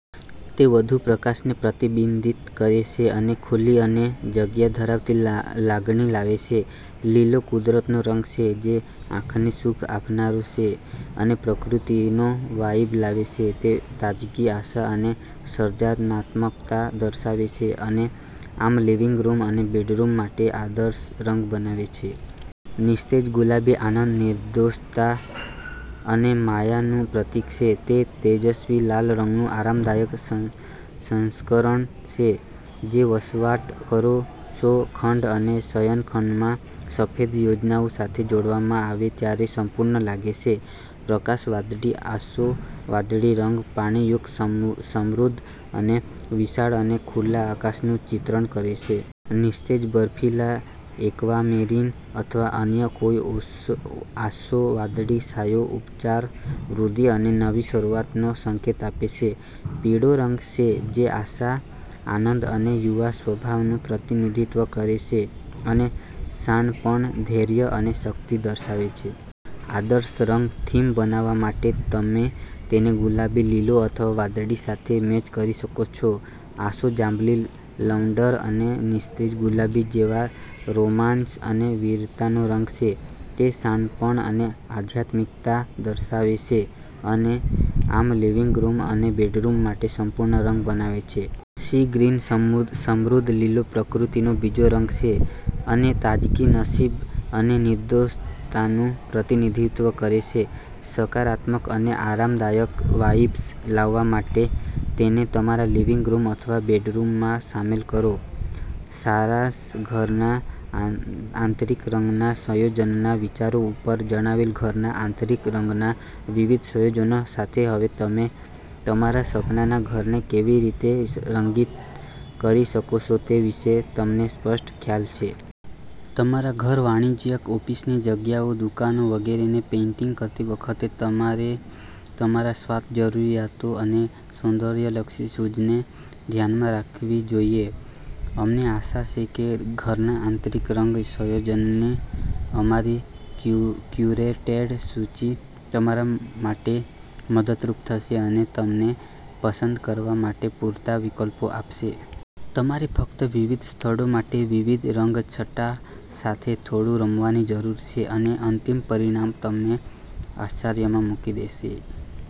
તે વધુ પ્રકાશને પ્રતિબિંબિત કરે છે અને ખુલ્લી અને જગ્યા ધરાવતી લાગણી લાવે છે. લીલો કુદરતનો રંગ છે જે આંખને સુખ આપનારો છે અને પ્રકૃતિનો વાઇબ લાવે છે. તે તાજગી, આશા અને સર્જનાત્મકતા દર્શાવે છે અને આમ લિવિંગ રૂમ અને બેડરૂમ માટે આદર્શ રંગ બનાવે છે. નિસ્તેજ ગુલાબી આનંદ, નિર્દોષતા અને માયાનું પ્રતીક છે. તે તેજસ્વી લાલ રંગનું આરામદાયક સંસ્કરણ છે જે વસવાટ કરો છો ખંડ અને શયનખંડમાં સફેદ યોજનાઓ સાથે જોડવામાં આવે ત્યારે સંપૂર્ણ લાગે છે. પ્રકાશ વાદળી, આછો વાદળી રંગ પાણીયુક્ત સમુદ્ર અને વિશાળ અને ખુલ્લા આકાશનું ચિત્રણ કરે છે. નિસ્તેજ બર્ફીલા, એક્વામેરિન અથવા અન્ય કોઈ આછો વાદળી છાંયો ઉપચાર, વૃદ્ધિ અને નવી શરૂઆતનો સંકેત આપે છે. પીળો રંગ છે જે આશા, આનંદ અને યુવા સ્વભાવનું પ્રતિનિધિત્વ કરે છે અને શાણપણ, ધૈર્ય અને શક્તિ દર્શાવે છે. આદર્શ રંગ થીમ બનાવવા માટે તમે તેને ગુલાબી, લીલો અથવા વાદળી સાથે મેચ કરી શકો છો. આછો જાંબલી લવંડર અને નિસ્તેજ ગુલાબી જેવા રોમાંસ અને વીરતાનો રંગ છે. તે શાણપણ અને આધ્યાત્મિકતા દર્શાવે છે અને આમ લિવિંગ રૂમ અને બેડરૂમ માટે સંપૂર્ણ રંગ બનાવે છે. સી ગ્રીન, સમુદ્ર લીલો પ્રકૃતિનો બીજો રંગ છે અને તાજગી, નસીબ અને નિર્દોષતાનું પ્રતિનિધિત્વ કરે છે. સકારાત્મક અને આરામદાયક વાઇબ્સ લાવવા માટે તેને તમારા લિવિંગ રૂમ અથવા બેડરૂમમાં સામેલ કરો. સારાંશઘરના આંતરિક રંગના સંયોજનના વિચારો ઉપર જણાવેલ ઘરના આંતરિક રંગના વિવિધ સંયોજનો સાથે હવે તમે તમારા સપનાના ઘરને કેવી રીતે રંગિત કરી શકો છો તે વિશે તમને સ્પષ્ટ ખ્યાલ છે. તમારા ઘર, વાણિજ્યિક, ઓફિસની જગ્યાઓ, દુકાનો વગેરેને પેઇન્ટિંગ કરતી વખતે તમારે તમારા સ્વાદ, જરૂરિયાતો અને સૌંદર્યલક્ષી સૂઝને ધ્યાનમાં રાખવી જોઈએ. અમને આશા છે કે ઘરના આંતરિક રંગ સંયોજનોની અમારી ક્યુરેટેડ સૂચિ તમારા માટે મદદરૂપ થશે અને તમને પસંદ કરવા માટે પૂરતા વિકલ્પો આપશે. તમારે ફક્ત વિવિધ સ્થળો માટે વિવિધ રંગછટા સાથે થોડું રમવાની જરૂર છે અને અંતિમ પરિણામ તમને આશ્ચર્યમાં મૂકી દેશે.